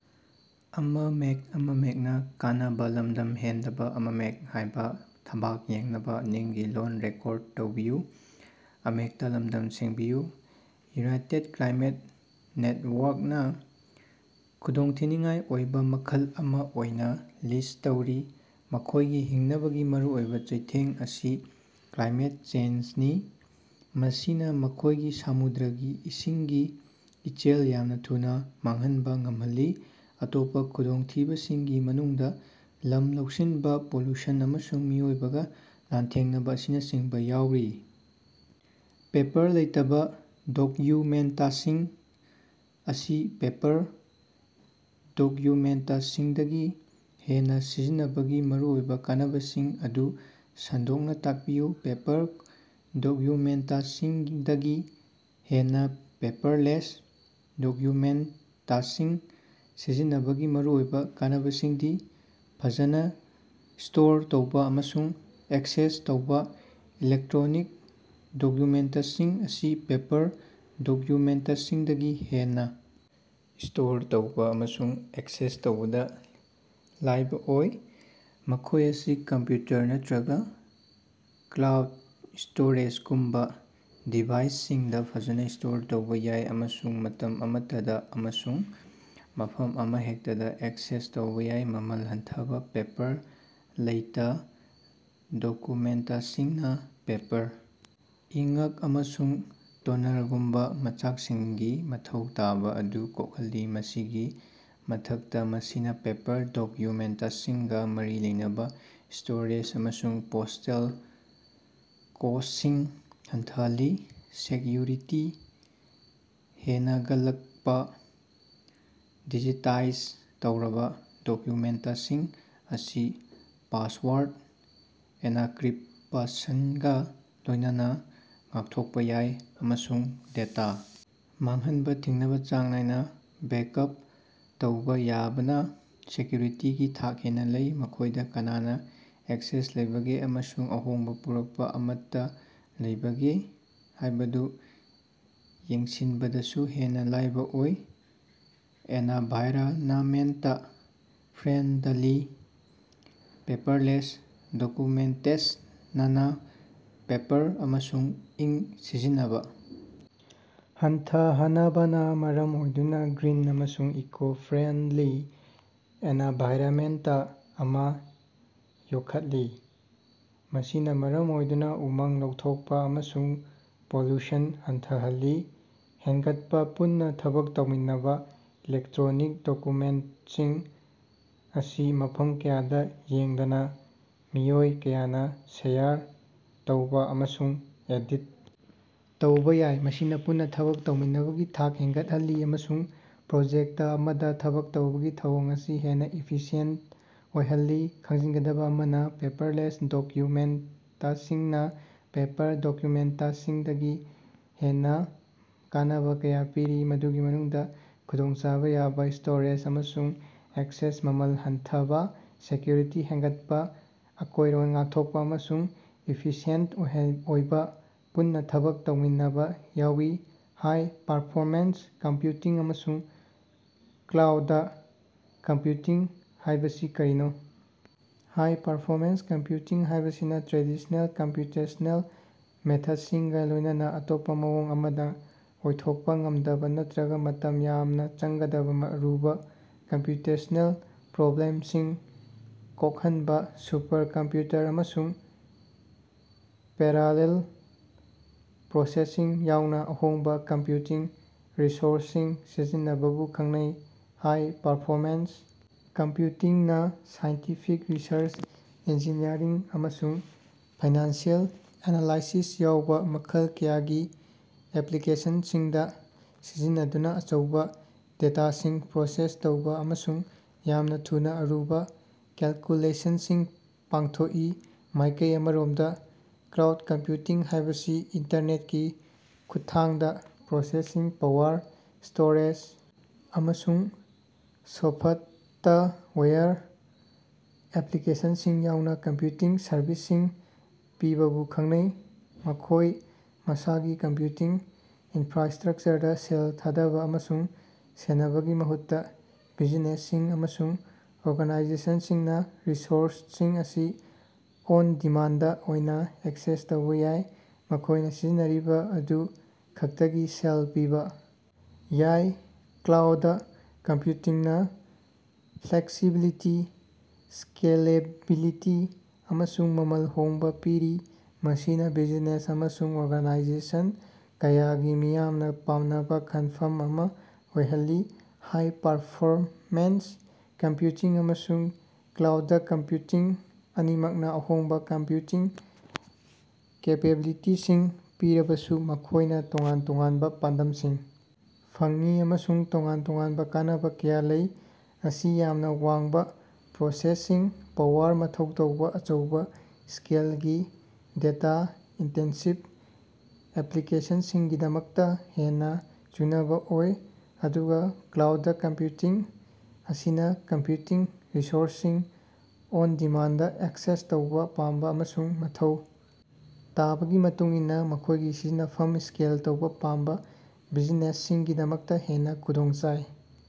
United Climate Network ꯅ ꯈꯨꯗꯣꯡꯊꯤꯅꯤꯡꯉꯥꯏ ꯑꯣꯏꯕ ꯃꯈꯜ ꯑꯃ ꯑꯣꯏꯅ ꯂꯤꯁ꯭ꯠ ꯇꯧꯔꯤ꯫ ꯃꯈꯣꯏꯒꯤ ꯍꯤꯡꯅꯕꯒꯤ ꯃꯔꯨꯑꯣꯏꯕ ꯆꯩꯊꯦꯡ ꯑꯁꯤ ꯀ꯭ꯂꯥꯏꯃꯦꯠ ꯆꯦꯟꯖꯅꯤ꯫ ꯃꯁꯤꯅ ꯃꯈꯣꯏꯒꯤ ꯁꯃꯨꯗ꯭ꯔꯒꯤ ꯏꯁꯤꯡꯒꯤ ꯏꯆꯦꯜ ꯌꯥꯝꯅ ꯊꯨꯅ ꯃꯥꯡꯍꯟꯕ ꯉꯝꯍꯜꯂꯤ꯫ ꯑꯇꯣꯞꯄ ꯈꯨꯗꯣꯡꯊꯤꯕꯁꯤꯡꯒꯤ ꯃꯅꯨꯡꯗ ꯂꯝ ꯂꯧꯁꯤꯟꯕ, ꯄꯣꯂꯨꯁꯟ, ꯑꯃꯁꯨꯡ ꯃꯤꯑꯣꯏꯕꯒ ꯂꯥꯟꯊꯦꯡꯅꯕ ꯑꯁꯤꯅꯆꯤꯡꯕ ꯌꯥꯎꯔꯤ꯫। ꯄꯦꯄꯔ ꯂꯩꯇꯕ ꯗꯣꯛꯌꯨꯃꯦꯟꯇꯁꯤꯡ ꯑꯁꯤ ꯄꯦꯄꯔ ꯗꯣꯛꯌꯨꯃꯦꯟꯇꯁꯤꯡꯗꯒꯤ ꯍꯦꯟꯅ ꯁꯤꯖꯤꯟꯅꯕꯒꯤ ꯃꯔꯨꯑꯣꯏꯕ ꯀꯥꯟꯅꯕꯁꯤꯡ ꯑꯗꯨ ꯁꯟꯗꯣꯛꯅ ꯇꯥꯛꯄꯤꯌꯨ꯫ ꯄꯦꯄꯔ ꯗꯣꯛꯌꯨꯃꯦꯟꯇꯁꯤꯡꯗꯒꯤ ꯍꯦꯟꯅ ꯄꯦꯄꯔꯂꯦꯁ ꯗꯣꯛꯌꯨꯃꯦꯟꯇꯁꯤꯡ ꯁꯤꯖꯤꯟꯅꯕꯒꯤ ꯃꯔꯨꯑꯣꯏꯕ ꯀꯥꯟꯅꯕꯁꯤꯡꯗꯤ: ꯐꯖꯅ ꯁ꯭ꯇꯣꯔ ꯇꯧꯕ ꯑꯃꯁꯨꯡ ꯑꯦꯛꯁꯦꯁ ꯇꯧꯕ: ꯏꯂꯦꯛꯠꯔꯣꯅꯤꯛ ꯗꯣꯛꯌꯨꯃꯦꯟꯇꯁꯤꯡ ꯑꯁꯤ ꯄꯦꯄꯔ ꯗꯣꯛꯌꯨꯃꯦꯟꯇꯁꯤꯡꯗꯒꯤ ꯍꯦꯟꯅ ꯁ꯭ꯇꯣꯔ ꯇꯧꯕ ꯑꯃꯁꯨꯡ ꯑꯦꯛꯁꯦꯁ ꯇꯧꯕꯗ ꯂꯥꯏꯕ ꯑꯣꯏ꯫ ꯃꯈꯣꯏ ꯑꯁꯤ ꯀꯝꯄ꯭ꯌꯨꯇꯔ ꯅꯠꯇ꯭ꯔꯒ ꯀ꯭ꯂꯥꯎꯗ ꯁ꯭ꯇꯣꯔꯦꯖꯒꯨꯝꯕ ꯗꯤꯚꯥꯏꯁꯁꯤꯡꯗ ꯐꯖꯅ ꯁ꯭ꯇꯣꯔ ꯇꯧꯕ ꯌꯥꯏ꯫ ꯑꯃꯁꯨꯡ ꯃꯇꯝ ꯑꯃꯠꯇꯗ ꯑꯃꯁꯨꯡ ꯃꯐꯝ ꯑꯃꯍꯦꯛꯇꯗ ꯑꯦꯛꯁꯦꯁ ꯇꯧꯕ ꯌꯥꯏ꯫ ꯃꯃꯜ ꯍꯟꯊꯕ: ꯄꯦꯄꯔ ꯂꯩꯇ ꯗꯣꯀꯨꯃꯦꯟꯇꯁꯤꯡꯅ ꯄꯦꯄꯔ, ꯏꯉ꯭ꯛ, ꯑꯃꯁꯨꯡ ꯇꯣꯅꯔꯒꯨꯝꯕ ꯃꯆꯥꯛꯁꯤꯡꯒꯤ ꯃꯊꯧ ꯇꯥꯕ ꯑꯗꯨ ꯀꯣꯛꯍꯜꯂꯤ꯫ ꯃꯁꯤꯒꯤ ꯃꯊꯛꯇ ꯃꯁꯤꯅ ꯄꯦꯄꯔ ꯗꯣꯛꯌꯨꯃꯦꯟꯇꯁꯤꯡꯒ ꯃꯔꯤ ꯂꯩꯅꯕ ꯁ꯭ꯇꯣꯔꯦꯖ ꯑꯃꯁꯨꯡ ꯄꯣꯁ꯭ꯇꯦꯜ ꯀꯣꯁ꯭ꯇꯁꯤꯡ ꯍꯟꯊꯍꯜꯂꯤ꯫ ꯁꯦꯛꯌꯨꯔꯤꯇꯤ ꯍꯦꯅꯒꯠꯂꯛꯄ: ꯗꯤꯖꯤꯇꯥꯏꯖ ꯇꯧꯔꯕ ꯗꯣꯛꯌꯨꯃꯦꯟꯇꯁꯤꯡ ꯑꯁꯤ ꯄꯥꯁꯋꯥꯔꯗ, ꯑꯦꯅꯀꯔꯤꯄꯁꯟꯒ ꯂꯣꯏꯅꯅ ꯉꯥꯛꯊꯣꯛꯄ ꯌꯥꯏ ꯫ꯑꯃꯁꯨꯡ ꯗꯦꯇꯥ ꯃꯥꯡꯍꯟꯕ ꯊꯤꯡꯅꯕ ꯆꯥꯡ ꯅꯥꯏꯅ ꯕꯦꯀꯑꯞ ꯇꯧꯕ ꯌꯥꯕꯅ ꯁꯦꯀ꯭ꯌꯨꯔꯤꯇꯤꯒꯤ ꯊꯥꯛ ꯍꯦꯟꯅ ꯂꯩ꯫ ꯃꯈꯣꯢꯗ ꯀꯅꯥꯅ ꯑꯦꯛꯁꯦꯁ ꯂꯩꯕꯒꯦ ꯑꯃꯁꯨꯡ ꯑꯍꯣꯡꯕ ꯄꯨꯔꯛꯄ ꯑꯃꯠꯇ ꯂꯩꯕꯒꯦ ꯍꯥꯏꯕꯗꯨ ꯌꯦꯡꯁꯤꯟꯕꯗꯁꯨ ꯍꯦꯟꯅ ꯂꯥꯏꯕ ꯑꯣꯏ꯫ ꯑꯦꯅꯚꯥꯏꯔꯅꯃꯦꯟꯇ ꯐ꯭ꯔꯦꯟꯗꯥꯂꯤ: ꯄꯦꯄꯔꯂꯦꯁ ꯗꯣꯀꯨꯃꯦꯟꯇꯦꯁꯅꯅ ꯄꯦꯄꯔ ꯑꯃꯁꯨꯡ ꯏꯪ ꯁꯤꯖꯤꯟꯅꯕ ꯍꯟꯊꯍꯅꯕꯅ ꯃꯔꯝ ꯑꯣꯏꯗꯨꯅ ꯒ꯭ꯔꯤꯟ ꯑꯃꯁꯨꯡ ꯏꯀꯣ-ꯐ꯭ꯔꯦꯟꯗꯂꯤ ꯑꯦꯅꯚꯥꯏꯔꯅꯃꯦꯟꯇ ꯑꯃꯥ ꯌꯣꯛꯈꯠꯂꯤ꯫ ꯃꯁꯤꯅ ꯃꯔꯝ ꯑꯣꯏꯗꯨꯅ ꯎꯃꯪ ꯂꯧꯊꯣꯛꯄ ꯑꯃꯁꯨꯡ ꯄꯣꯂꯨꯁꯟ ꯍꯟꯊꯍꯜꯂꯤ꯫ ꯍꯦꯟꯒꯠꯄ ꯄꯨꯟꯅ ꯊꯕꯛ ꯇꯧꯃꯤꯟꯅꯕ: ꯏꯂꯦꯛꯇ꯭ꯔꯣꯅꯤꯛ ꯗꯣꯀꯨꯃꯦꯟꯇꯁꯤꯡ ꯑꯁꯤ ꯃꯐꯝ ꯀꯌꯥꯗ ꯌꯦꯡꯗꯅ ꯃꯤꯑꯣꯏ ꯀꯌꯥꯅ ꯁꯦꯌꯔ ꯇꯧꯕ ꯑꯃꯁꯨꯡ ꯑꯦꯗꯤꯠ ꯇꯧꯕ ꯌꯥꯏ꯫ ꯃꯁꯤꯅ ꯄꯨꯟꯅ ꯊꯕꯛ ꯇꯧꯃꯤꯟꯅꯕꯒꯤ ꯊꯥꯛ ꯍꯦꯟꯒꯠꯍꯜꯂꯤ ꯑꯃꯁꯨꯡ ꯄ꯭ꯔꯣꯖꯦꯛꯇ ꯑꯃꯗ ꯊꯕꯛ ꯇꯧꯕꯒꯤ ꯊꯧꯑꯣꯡ ꯑꯁꯤ ꯍꯦꯟꯅ ꯏꯐꯤꯁꯤꯌꯦꯟꯇ ꯑꯣꯏꯍꯜꯂꯤ꯫ ꯈꯪꯖꯤꯟꯒꯗꯕ ꯑꯃꯅ, ꯄꯦꯄꯔꯂꯦꯁ ꯗꯣꯛꯌꯨꯃꯦꯟꯇꯁꯤꯡꯅꯥ ꯄꯦꯄꯔ ꯗꯣꯛꯌꯨꯃꯦꯟꯇꯁꯤꯡꯗꯒꯤ ꯍꯦꯟꯅ ꯀꯥꯟꯅꯕ ꯀꯌꯥ ꯄꯤꯔꯤ꯫ ꯃꯗꯨꯒꯤ ꯃꯅꯨꯡꯗ ꯈꯨꯗꯣꯡꯆꯥꯕ ꯌꯥꯕ ꯁ꯭ꯇꯣꯔꯦꯖ ꯑꯃꯁꯨꯡ ꯑꯦꯛꯁꯦꯁ, ꯃꯃꯜ ꯍꯟꯊꯕꯥ, ꯁꯦꯀ꯭ꯌꯨꯔꯤꯇꯤ ꯍꯦꯟꯒꯠꯄꯥ, ꯑꯀꯣꯏꯔꯣꯟ ꯉꯥꯛꯊꯣꯛꯄ, ꯑꯃꯁꯨꯡ ꯏꯐꯤꯁꯤꯑꯦꯟꯇ ꯑꯣꯢꯍꯟ ꯑꯣꯏꯕ ꯄꯨꯟꯅ ꯊꯕꯛ ꯇꯧꯃꯤꯟꯅꯕ ꯌꯥꯎꯏ꯫ ꯍꯥꯏ-ꯄꯥꯔꯐꯣꯔꯃꯦꯟꯁ ꯀꯝꯄ꯭ꯌꯨꯇꯤꯡ ꯑꯃꯁꯨꯡ ꯀ꯭ꯂꯥꯎꯗꯥ ꯀꯝꯄ꯭ꯌꯨꯇꯤꯡ ꯍꯥꯌꯕꯁꯤ ꯀꯔꯤꯅꯣ? ꯍꯥꯏ-ꯄꯥꯔꯐꯣꯔꯃꯦꯟꯁ ꯀꯝꯞꯌꯨꯇꯤꯡ ꯍꯥꯢꯕꯁꯤꯅ ꯇ꯭ꯔꯦꯗꯤꯁ꯭ꯅꯦꯜ ꯀꯝꯄ꯭ꯌꯨꯇꯦꯁ꯭ꯅꯦꯜ ꯃꯦꯊꯗꯁꯤꯡꯒꯥ ꯂꯣꯏꯅꯅ ꯑꯇꯣꯞꯄ ꯃꯑꯣꯡ ꯑꯃꯗ ꯑꯣꯏꯊꯣꯛꯄ ꯉꯝꯗꯕ ꯅꯠꯇ꯭ꯔꯒ ꯃꯇꯝ ꯌꯥꯝꯅ ꯆꯪꯒꯗꯕ ꯃꯑꯔꯨꯕ ꯀꯝꯄ꯭ꯌꯨꯇꯦꯁ꯭ꯅꯦꯜ ꯄ꯭ꯔꯣꯕ꯭ꯂꯦꯝꯁꯤꯡ ꯀꯣꯛꯍꯟꯅꯕ ꯁꯨꯄꯔ ꯀꯝꯄ꯭ꯨꯌꯇꯔ ꯑꯃꯁꯨꯡ ꯄꯦꯔꯥꯂꯦꯜ ꯄ꯭ꯔꯣꯁꯦꯁꯤꯡ ꯌꯥꯎꯅ ꯑꯍꯣꯡꯕ ꯀꯝꯄ꯭ꯌꯨꯇꯤꯡ ꯔꯤꯁꯣꯔꯁꯁꯤꯡ ꯁꯤꯖꯤꯟꯅꯕꯕꯨ ꯈꯪꯅꯩ꯫ ꯍꯥꯏ ꯄ꯭ꯔꯐꯣꯃꯦꯟꯁ ꯀꯝꯄ꯭ꯌꯨꯇꯤꯡ ꯅꯥ ꯁꯥꯏꯟꯇꯤꯐꯤꯛ ꯔꯤꯁꯔꯆ, ꯏꯟꯖꯤꯅꯤꯌꯔꯤꯡ, ꯑꯃꯁꯨꯡ ꯐꯥꯏꯅꯥꯟꯁꯤꯑꯦꯜ ꯑꯦꯅꯥꯂꯥꯏꯁꯤꯁ ꯌꯥꯎꯕ ꯃꯈꯜ ꯀꯌꯥꯒꯤ ꯑꯦꯞꯂꯤꯀꯦꯁꯟꯁꯤꯡꯗ ꯁꯤꯖꯤꯟꯅꯗꯨꯅ ꯑꯆꯧꯕ ꯗꯦꯇꯥꯁꯤꯡ ꯄ꯭ꯔꯣꯁꯦꯁ ꯇꯧꯕ ꯑꯃꯁꯨꯡ ꯌꯥꯝꯅ ꯊꯨꯅ ꯑꯔꯨꯕ ꯀꯦꯜꯀꯨꯂꯦꯁꯟꯁꯤꯡ ꯄꯥꯡꯊꯣꯛꯏ꯫ ꯃꯥꯏꯀꯩ ꯑꯃꯔꯣꯝꯗ, ꯀ꯭ꯔꯥꯎꯗ ꯀꯝꯄ꯭ꯌꯨꯇꯤꯡ ꯍꯥꯏꯕꯁꯤ ꯏꯟꯇꯔꯅꯦꯠꯀꯤ ꯈꯨꯠꯊꯥꯡꯗ ꯄ꯭ꯔꯣꯁꯦꯁꯤꯡ ꯄꯥꯋꯔ, ꯁ꯭ꯇꯣꯔꯦꯖ, ꯑꯃꯁꯨꯡ ꯁꯣꯐꯠꯇꯋꯥꯌꯔ ꯑꯦꯞꯂꯤꯀꯦꯁꯟꯁꯤꯡ ꯌꯥꯎꯅ ꯀꯝꯄ꯭ꯌꯨꯇꯤꯡ ꯁꯔꯚꯤꯁꯁꯤꯡ ꯄꯤꯕꯕꯨ ꯈꯪꯅꯩ꯫ ꯃꯈꯣꯏ ꯃꯁꯥꯒꯤ ꯀꯝꯄ꯭ꯌꯨꯇꯤꯡ ꯏꯟꯐ꯭ꯔꯥꯁ꯭ꯇꯔꯛꯆꯔꯗ ꯁꯦꯜ ꯊꯥꯗꯕ ꯑꯃꯁꯨꯡ ꯁꯦꯟꯅꯕꯒꯤ ꯃꯍꯨꯠꯇ ꯕꯤꯖꯤꯅꯦꯁꯁꯤꯡ ꯑꯃꯁꯨꯡ ꯑꯣꯔꯒꯅꯥꯏꯖꯦꯁꯟꯁꯤꯡꯅ ꯔꯤꯁꯣꯔꯁꯁꯤꯡ ꯑꯁꯤ ꯑꯣꯟ-ꯗꯤꯃꯥꯟꯗ ꯑꯣꯏꯅ ꯑꯦꯛꯁꯦꯁ ꯇꯧꯕ ꯌꯥꯏ꯫ ꯃꯈꯣꯏꯅ ꯁꯤꯖꯤꯟꯅꯔꯤꯕ ꯑꯗꯨ ꯈꯛꯇꯒꯤ ꯁꯦꯜ ꯄꯤꯕ ꯌꯥꯏ꯫ ꯀ꯭ꯂꯥꯎꯗ ꯀꯝꯄ꯭ꯌꯨꯇꯤꯡꯅ ꯐ꯭ꯂꯦꯛꯁꯤꯕꯤꯂꯤꯇꯤ, ꯁ꯭ꯀꯦꯂꯦꯕꯤꯂꯤꯇꯤ, ꯑꯃꯁꯨꯡ ꯃꯃꯜ ꯍꯣꯡꯕ ꯄꯤꯔꯤ꯫ ꯃꯁꯤꯅ ꯕꯤꯖꯤꯅꯦꯁ ꯑꯃꯁꯨꯡ ꯑꯣꯔꯒꯅꯥꯏꯖꯦꯁꯟ ꯀꯌꯥꯒꯤ ꯃꯤꯌꯥꯝꯅ ꯄꯥꯝꯅꯕ ꯈꯟꯐꯝ ꯑꯃ ꯑꯣꯏꯍꯜꯂꯤ꯫ ꯍꯥꯏ-ꯄꯥꯔꯐꯣꯔꯃꯦꯟꯁ ꯀꯝꯞꯌꯨꯇꯤꯡ ꯑꯃꯁꯨꯡ ꯀ꯭ꯂꯥꯎꯗ ꯀꯝꯞꯌꯨꯇꯤꯡ ꯑꯅꯤꯃꯛꯅ ꯑꯍꯣꯡꯕ ꯀꯝꯞꯌꯨꯇꯤꯡ ꯀꯦꯄꯦꯕꯤꯂꯤꯇꯤꯁꯤꯡ ꯄꯤꯔꯕꯁꯨ ꯃꯈꯣꯏꯅ ꯇꯣꯉꯥꯟ ꯇꯣꯉꯥꯟꯕ ꯄꯥꯟꯗꯝꯁꯤꯡ ꯐꯪꯏ꯫ ꯑꯃꯁꯨꯡ ꯇꯣꯉꯥꯟ ꯇꯣꯉꯥꯟꯕ ꯀꯥꯟꯅꯕ ꯀꯌꯥ ꯂꯩ꯫ ꯑꯁꯤ ꯌꯥꯝꯅ ꯋꯥꯡꯕ ꯄ꯭ꯔꯣꯁꯦꯁꯤꯡ ꯄꯥꯋꯔ ꯃꯊꯧ ꯇꯥꯕ ꯑꯆꯧꯕ ꯁ꯭ꯀꯦꯜꯒꯤ, ꯗꯦꯇꯥ-ꯏꯟꯇꯦꯟꯁꯤꯚ ꯑꯦꯞꯂꯤꯀꯦꯁꯟꯁꯤꯡꯒꯤꯗꯃꯛꯇ ꯍꯦꯟꯅ ꯆꯨꯅꯕ ꯑꯣꯏ꯫ ꯑꯗꯨꯒ ꯀ꯭ꯂꯥꯎꯗꯥ ꯀꯝꯄ꯭ꯌꯨꯇꯤꯡ ꯑꯁꯤꯅ ꯀꯝꯄ꯭ꯌꯨꯇꯤꯡ ꯔꯤꯁꯣꯔꯁꯁꯤꯡ ꯑꯣꯟ-ꯗꯤꯃꯥꯟꯗ ꯑꯦꯛꯁꯦꯁ ꯇꯧꯕ ꯄꯥꯝꯕ ꯑꯃꯁꯨꯡ ꯃꯊꯧ ꯇꯥꯕꯒꯤ ꯃꯇꯨꯡꯏꯟꯅ ꯃꯈꯣꯢꯒꯤ ꯁꯤꯖꯤꯟꯅꯐꯝ ꯁ꯭ꯀꯦꯜ ꯇꯧꯕ ꯄꯥꯝꯕ ꯕꯤꯖꯤꯅꯦꯁꯁꯤꯡꯒꯤꯗꯃꯛꯇ ꯍꯦꯟꯅ ꯈꯨꯗꯣꯡꯆꯥꯏ꯫